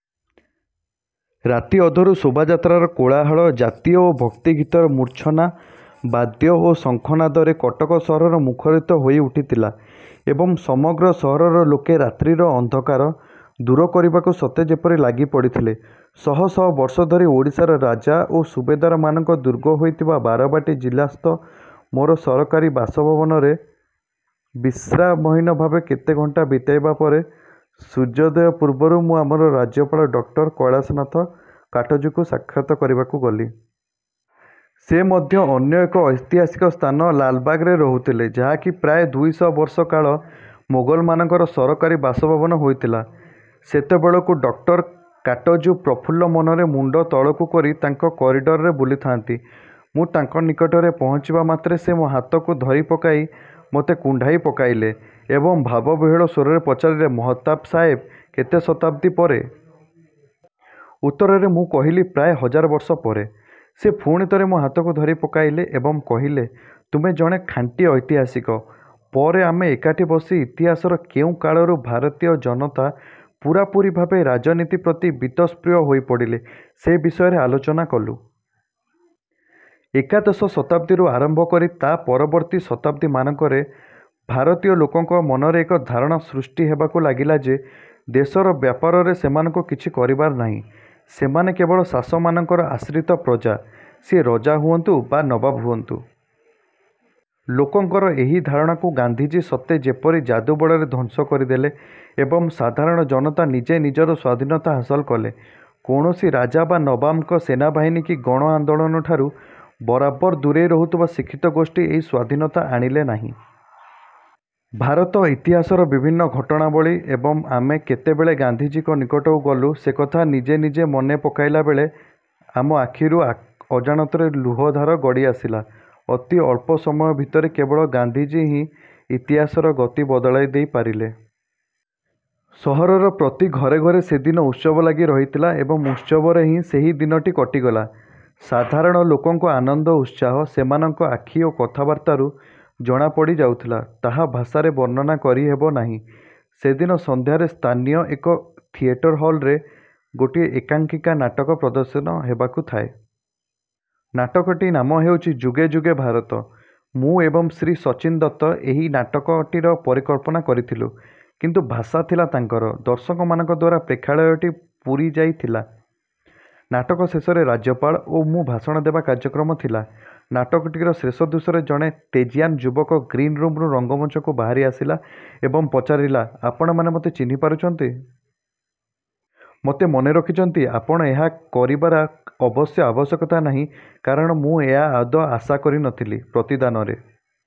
ରାତିଅଧରୁ ଶୋଭାଯାତ୍ରାର କୋଳାହଳ ଜାତୀୟ ଓ ଭକ୍ତିଗୀତର ମୂର୍ଚ୍ଛନା ବାଦ୍ୟ ଓ ଶଙ୍ଖ ନାଦରେ କଟକ ସହର ମୁଖରିତ ହୋଇ ଉଠିଥିଲା ଏବଂ ସମଗ୍ର ସହରର ଲୋକେ ରାତ୍ରିର ଅନ୍ଧକାର ଦୂର କରିବାକୁ ସତେ ଯେପରି ଲାଗି ପଡ଼ିଥିଲେ। ଶହ ଶହ ବର୍ଷ ଧରି ଓଡ଼ିଶାର ରାଜା ଓ ସୁବେଦାରମାନଙ୍କ ଦୁର୍ଗ ହୋଇଥିବା ବାରବାଟୀ ଜିଲ୍ଲାସ୍ଥ ମୋର ସରକାରୀ ବାସଭବନରେ ବିଶ୍ରାମହୀନ ଭାବେ କେତେ ଘଣ୍ଟା ବିତାଇବା ପରେ ସୂର୍ଯ୍ୟୋଦୟ ପୂର୍ବରୁ ମୁଁ ଆମର ରାଜ୍ୟପାଳ ଡକ୍ଟର କୈଳାସନାଥ କାଟଜୁଙ୍କୁ ସାକ୍ଷାତ୍ କରିବାକୁ ଗଲି। ସେ ମଧ୍ୟ ଅନ୍ୟ ଏକ ଐତିହାସିକ ସ୍ଥାନ ''ଲାଲବାଗ''ରେ ରହୁଥିଲେ, ଯାହାକି ପ୍ରାୟ ଦୁଇଶହ ବର୍ଷ କାଳ ମୋଗଲମାନଙ୍କର ସରକାରୀ ବାସଭବନ ହୋଇଥିଲା। ସେତେବେଳକୁ ଡକ୍ଟର କାଟଜୁ ପ୍ରଫୁଲ୍ଲମନରେ ମୁଣ୍ଡ ତଳକୁକରି ତାଙ୍କ 'କରିଡ଼ର'ରେ ବୁଲୁଥାନ୍ତି। ମୁଁ ତାଙ୍କ ନିକଟରେ ପହଞ୍ଚିବାମାତ୍ରେ ସେ ମୋ' ହାତକୁ ଧରି ପକାଇ ମୋତେ କୁଣ୍ଢାଇ ପକାଇଲେ ଏବଂ ଭାବବିହ୍ୱଳ ସ୍ୱରରେ ପଚାରିଲେ, 'ମହତାବ ସାହେବ, କେତେ ଶତାବ୍ଦୀ ପରେ? ଉତ୍ତରରେ ମୁଁ କହିଲି, ''ପ୍ରାୟ ହଜାର ବର୍ଷ ପରେ'। ସେ ପୁଣି ଥରେ ମୋ' ହାତକୁ ଧରି ପକାଇଲେ ଏବଂ କହିଲେ, 'ତୁମେ ଜଣେ ଖାଣ୍ଟି ଐତିହାସିକ'। ପରେ ଆମେ ଏକାଠି ବସି ଇତିହାସର କେଉଁକାଳରୁ ଭାରତୀୟ ଜନତା ପୂରାପୂରି ଭାବେ ରାଜନୀତି ପ୍ରତି ବୀତସ୍ପୃହ ହୋଇପଡ଼ିଲେ, ସେ ବିଷୟ ଆଲୋଚନା କଲୁ। ଏକାଦଶ ଶତାବ୍ଦୀରୁ ଆରମ୍ଭ କରି ତା' ପରବର୍ତ୍ତୀ ଶତାବ୍ଦୀମାନଙ୍କରେ ଭାରତୀୟ ଲୋକଙ୍କ ମନରେ ଏକ ଧାରଣା ସୃଷ୍ଟି ହେବାକୁ ଲାଗିଲା ଯେ ଦେଶର ବ୍ୟାପାରରେ ସେମାନଙ୍କର କିଛି କରିବାର ନାହିଁ। ସେମାନେ କେବଳ ଶାସକମାନଙ୍କର ଆଶ୍ରିତ ପ୍ରଜା, ସିଏ ରଜା ହୁଅନ୍ତୁ ବା ନବାବ ହୁଅନ୍ତୁ। ଲୋକଙ୍କର ଏହି ଧାରଣାକୁ ଗାନ୍ଧିଜୀ ସତେ ଯେପରି ଯାଦୁବଳରେ ଧ୍ୱଂସ କରିଦେଲେ ଏବଂ ସାଧାରଣ ଜନତା ନିଜେ ନିଜର ସ୍ୱାଧୀନତା ହାସଲ କଲେ। କୌଣସି ରାଜା ବା ନବାବଙ୍କ ସେନାବାହିନୀ କି ଗଣ ଆନ୍ଦୋଳନଠାରୁ ବରାବର ଦୂରେଇ ରହୁଥିବା ଶିକ୍ଷିତଗୋଷ୍ଠୀ ଏହି ସ୍ୱାଧୀନତା ଆଣିଲେ ନାହିଁ। ଭାରତ ଇତିହାସର ବିଭିନ୍ନ ଘଟଣାବଳୀ ଏବଂ ଆମେ କେତେବେଳେ ଗାନ୍ଧିଜୀଙ୍କ ନିକଟକୁ ଗଲୁ, ସେକଥା ନିଜେ ନିଜେ ମନେ ପକାଇଲାବେଳେ ଆମ ଆଖିରୁ ଅଜାଣତରେ ଲୁହ ଧାର ଗଡ଼ି ଆସିଲା। ଅତି ଅଳ୍ପ ସମୟ ଭିତରେ କେବଳ ଗାନ୍ଧିଜୀ ହିଁ ଇତିହାସର ଗତି ବଦଳାଇ ଦେଇ ପାରିଲେ। ସହରର ପ୍ରତି ଘରେ ଘରେ ସେଦିନ ଉତ୍ସବ ଲାଗି ରହିଥିଲା ଏବଂ ଉତ୍ସବରେ ହିଁ ସେହି ଦିନଟି କଟିଗଲା। ସାଧାରଣ ଲୋକଙ୍କ ଆନନ୍ଦ ଉତ୍ସାହ ସେମାନଙ୍କ ଆଖି ଓ କଥାବାର୍ତ୍ତାରୁ ଜଣାପଡ଼ିଯାଉଥିଲା। ତାହା ଭାଷାରେ ବର୍ଣ୍ଣନା କରି ହେବନାହିଁ। ସେଦିନ ସନ୍ଧ୍ୟାରେ ସ୍ଥାନୀୟ ଏକ ଥିଏଟର୍ ହଲ୍ରେ ଗୋଟିଏ ଏକାଙ୍କିକା ନାଟକ ପ୍ରଦର୍ଶିତ ହେବାକୁ ଥାଏ। ନାଟକଟି ନାମ ହେଉଛି- ''ଯୁଗେ ଯୁଗେ ଭାରତ''। ମୁଁ ଏବଂ ଶ୍ରୀ ସଚ୍ଚିନ ଦତ୍ତ ଏହି ନାଟକଟିର ପରିକଳ୍ପନା କରିଥିଲୁ; କିନ୍ତୁ ଭାଷା ଥିଲା ତାଙ୍କର। ଦର୍ଶକମାନଙ୍କଦ୍ୱାରା ପ୍ରେକ୍ଷାଳୟଟି ପୁରିଯାଇ ଥିଲା। ନାଟକ ଶେଷରେ ରାଜ୍ୟପାଳ ଓ ମୁଁ ଭାଷଣ ଦେବା କାର୍ଯ୍ୟକ୍ରମ ଥିଲା। ନାଟକଟିର ଶେଷ ଦୃଶ୍ୟରେ ଜଣେ ତେଜୀୟାନ୍ ଯୁବକ ଗ୍ରୀନ୍ ରୁମରୁ ରଙ୍ଗମଞ୍ଚକୁ ବାହାରି ଆସିଲା ଏବଂ ପଚାରିଲା- ଆପଣମାନେ ମତେ ଚିହ୍ନି ପାରୁଛନ୍ତି? ମତେ ମନେ ରଖିଛନ୍ତି? ଆପଣ ଏହା କରିବାର ଅବଶ୍ୟ ଆବଶ୍ୟକତା ନାହିଁ; କାରଣ ମୁଁ ଏହା ଆଦୌ ଆଶା କରିନଥିଲି। ପ୍ରତିଦାନରେ